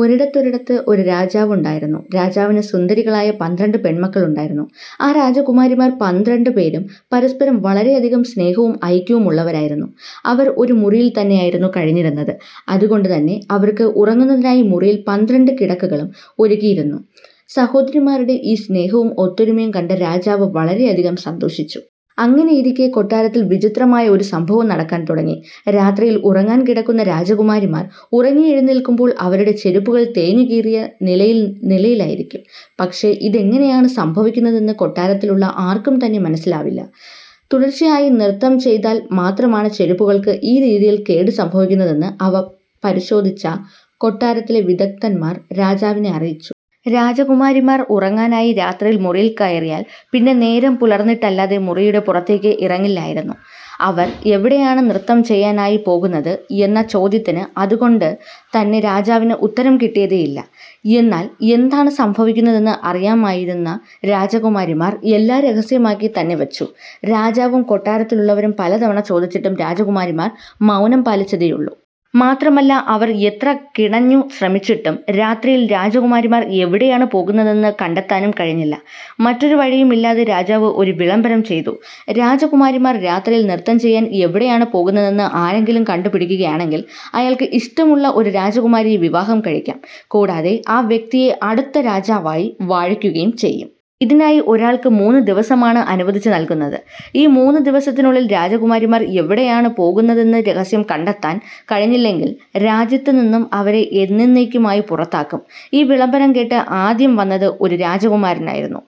ഒരിടത്തൊരിടത്ത് ഒരു രാജാവുണ്ടായിരുന്നു. രാജാവിന് സുന്ദരികളായ പന്ത്രണ്ട് പെൺമക്കൾ ഉണ്ടായിരുന്നു. ആ രാജകുമാരിമാർ പന്ത്രണ്ട് പേരും പരസ്പരം വളരെയധികം സ്നേഹവും ഐക്യവും ഉള്ളവരായിരുന്നു. അവർ ഒരു മുറിയിൽ തന്നെയായിരുന്നു കഴിഞ്ഞിരുന്നത്. അതുകൊണ്ടു തന്നെ അവർക്ക് ഉറങ്ങുന്നതിനായി മുറിയിൽ പന്ത്രണ്ട് കിടക്കകളും ഒരുക്കിയിരുന്നു. സഹോദരിമാരുടെ ഈ സ്നേഹവും ഒത്തൊരുമയും കണ്ട് രാജാവ് വളരെയധികം സന്തോഷിച്ചു. അങ്ങനെയിരിക്കെ കൊട്ടാരത്തിൽ വിചിത്രമായ ഒരു സംഭവം നടക്കാൻ തുടങ്ങി. രാത്രിയിൽ ഉറങ്ങാൻ കിടക്കുന്ന രാജകുമാരിമാർ ഉറങ്ങി എഴുന്നേൽക്കുമ്പോൾ അവരുടെ ചെരുപ്പുകൾ തേഞ്ഞുകീറിയ നിലയിലായിരിക്കും. പക്ഷേ ഇതെങ്ങനെയാണ് സംഭവിക്കുന്നതെന്ന് കൊട്ടാരത്തിലുള്ള ആർക്കും തന്നെ മനസിലായില്ല. തുടർച്ചയായി നൃത്തം ചെയ്താൽ മാത്രമാണ് ചെരുപ്പുകൾക്ക് ഈ രീതിയിൽ കേട് സംഭവിക്കുന്നതെന്ന് അവ പരിശോധിച്ച കൊട്ടാരത്തിലെ വിദഗ്ധൻമാർ രാജാവിനെ അറിയിച്ചു. രാജകുമാരിമാർ ഉറങ്ങാനായി രാത്രിയിൽ മുറിയിൽ കയറിയാൽ പിന്നെ നേരം പുലർന്നിട്ടല്ലാതെ മുറിയുടെ പുറത്തേക്ക് ഇറങ്ങാറില്ലായിരുന്നു. അവർ എവിടെയാണ് നൃത്തം ചെയ്യാനായി പോകുന്നത് എന്ന ചോദ്യത്തിന് അതുകൊണ്ട് തന്നെ രാജാവിന് ഉത്തരം കിട്ടിയതേയില്ല. എന്നാൽ എന്താണ് സംഭവിക്കുന്നതെന്ന് അറിയാമായിരുന്ന രാജകുമാരിമാർ എല്ലാം രഹസ്യമാക്കി തന്നെ വച്ചു. രാജാവും കൊട്ടാരത്തിലുള്ളവരും പലതവണ ചോദിച്ചിട്ടും രാജകുമാരിമാർ മൗനം പാലിച്ചതേയുള്ളൂ. മാത്രമല്ല അവർ എത്ര കിണഞ്ഞു ശ്രമിച്ചിട്ടും രാത്രിയിൽ രാജകുമാരിമാർ എവിടെയാണ് പോകുന്നതെന്ന് കണ്ടെത്താനും കഴിഞ്ഞില്ല. മറ്റൊരു വഴിയുമില്ലാതെ രാജാവ് ഒരു വിളംബരം ചെയ്തു. "രാജകുമാരിമാർ രാത്രിയിൽ നൃത്തം ചെയ്യാൻ എവിടെയാണ് പോകുന്നതെന്ന് ആരെങ്കിലും കണ്ടു പിടിക്കുകയാണെങ്കിൽ അയാൾക്ക് ഇഷ്ടമുള്ള ഒരു രാജകുമാരിയെ വിവാഹം കഴിക്കാം. കൂടാതെ ആ വ്യക്തിയെ അടുത്ത രാജാവായി വാഴിക്കുകയും ചെയ്യും. ഇതിനായി ഒരാൾക്ക് മൂന്ന് ദിവസമാണ് അനുവദിച്ചു നൽകുന്നത്. ഈ മൂന്നു ദിവസത്തിനുള്ളിൽ രാജകുമാരിമാർ എവിടെയാണ് പോകുന്നതെന്ന് രഹസ്യം കണ്ടെത്താൻ കഴിഞ്ഞില്ലെങ്കിൽ രാജ്യത്തുനിന്നും അവരെ എന്നന്നേക്കുമായി പുറത്താക്കും. " ഈ വിളംബരം കേട്ട് ആദ്യം വന്നത് ഒരു രാജകുമാരനായിരുന്നു.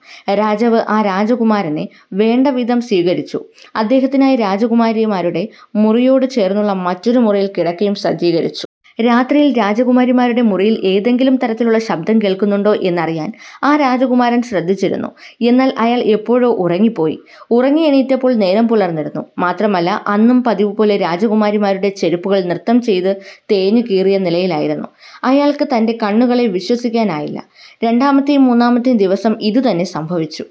രാജാവ് ആ രാജകുമാരനെ വേണ്ടവിധം സ്വീകരിച്ചു. അദ്ദേഹത്തിനായി രാജകുമാരിമാരുടെ മുറിയോട് ചേർന്നുള്ള മറ്റൊരു മുറിയിൽ കിടക്കയും സജ്ജീകരിച്ചു. രാത്രിയിൽ രാജകുമാരിമാരുടെ മുറിയിൽ ഏതെങ്കിലും തരത്തിലുള്ള ശബ്ദം കേൾക്കുന്നുണ്ടോ എന്നറിയാൻ ആ രാജകുമാരൻ ശ്രദ്ധിച്ചിരുന്നു. എന്നാൽ അയാൾ എപ്പോഴോ ഉറങ്ങിപ്പോയി. ഉറങ്ങിയെണീറ്റപ്പോൾ നേരം പുലർന്നിരുന്നു. മാത്രമല്ല അന്നും പതിവുപോലെ രാജകുമാരിമാരുടെ ചെരുപ്പുകൾ നൃത്തം ചെയ്ത് തേഞ്ഞു കീറിയ നിലയിലായിരുന്നു. അയാൾക്ക് തൻ്റെ കണ്ണുകളെ വിശ്വസിക്കാനായില്ല. രണ്ടാമത്തെയും മൂന്നാമത്തെയും ദിവസവും ഇതുതന്നെ സംഭവിച്ചു.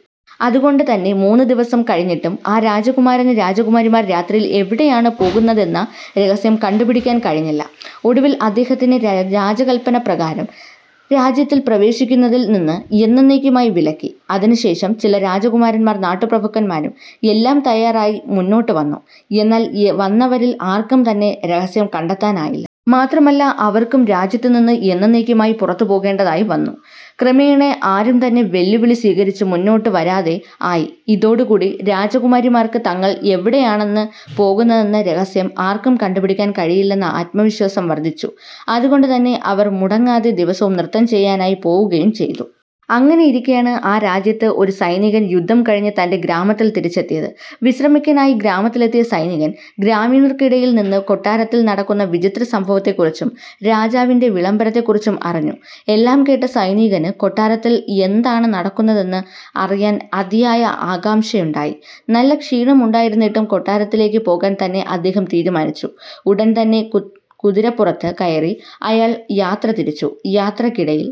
അതുകൊണ്ട് തന്നെ മൂന്നു ദിവസം കഴിഞ്ഞിട്ടും ആ രാജകുമാരന് രാജകുമാരിമാർ രാത്രിയിൽ എവിടെയാണ് പോകുന്നതെന്ന രഹസ്യം കണ്ടുപിടിക്കാൻ കഴിഞ്ഞില്ല. ഒടുവിൽ അദ്ദേഹത്തിനെ രാജകല്പന പ്രകാരം രാജ്യത്തിൽ പ്രവേശിക്കുന്നതിൽ നിന്ന് എന്നന്നേക്കുമായി വിലക്കി. അതിനു ശേഷം ചില രാജകുമാരൻമാരും നാട്ടുപ്രഭുക്കന്മാരും എല്ലാം തയ്യാറായി മുന്നോട്ടു വന്നു. എന്നാൽ വന്നവരിൽ ആർക്കും തന്നെ രഹസ്യം കണ്ടെത്താനായില്ല. മാത്രമല്ല അവർക്കും രാജ്യത്ത് നിന്നു എന്നെന്നേക്കുമായി പുറത്തു പോകേണ്ടതായും വന്നു. ക്രമേണ ആരും തന്നെ വെല്ലുവിളി സ്വീകരിച്ച് മുന്നോട്ടു വരാതെ ആയി. ഇതോടുകൂടി രാജകുമാരിമാർക്ക് തങ്ങൾ എവിടെയാണെന്ന് പോകുന്നതെന്ന രഹസ്യം ആർക്കും കണ്ടുപിടിക്കാൻ കഴിയില്ലെന്ന ആത്മവിശ്വാസം വർദ്ധിച്ചു. അതുകൊണ്ടുതന്നെ അവർ മുടങ്ങാതെ ദിവസവും നൃത്തം ചെയ്യാനായി പോകുകയും ചെയ്തു. അങ്ങനെയിരിക്കെയാണ് ആ രാജ്യത്തുള്ള ഒരു സൈനികൻ യുദ്ധം കഴിഞ്ഞ് തൻ്റെ ഗ്രാമത്തിൽ തിരിച്ചെത്തിയത്. വിശ്രമിക്കാനായി ഗ്രാമത്തിലെത്തിയ സൈനികൻ ഗ്രാമീണർക്കിടയിൽ നിന്ന് കൊട്ടാരത്തിൽ നടക്കുന്ന വിചിത്രസംഭവത്തെക്കുറിച്ചും രാജാവിൻ്റെ വിളംബരത്തെക്കുറിച്ചും അറിഞ്ഞു. എല്ലാം കേട്ട സൈനികന് കൊട്ടാരത്തിൽ എന്താണ് നടക്കുന്നതെന്ന് അറിയാൻ അതിയായ ആകാംക്ഷയുണ്ടായി. നല്ല ക്ഷീണം ഉണ്ടായിരുന്നിട്ടും കൊട്ടാരത്തിലേക്ക് പോകാൻ തന്നെ അദ്ദേഹം തീരുമാനിച്ചു. ഉടൻതന്നെ കുതിരപ്പുറത്തു കയറി അയാൾ യാത്ര തിരിച്ചു. യാത്രക്കിടയിൽ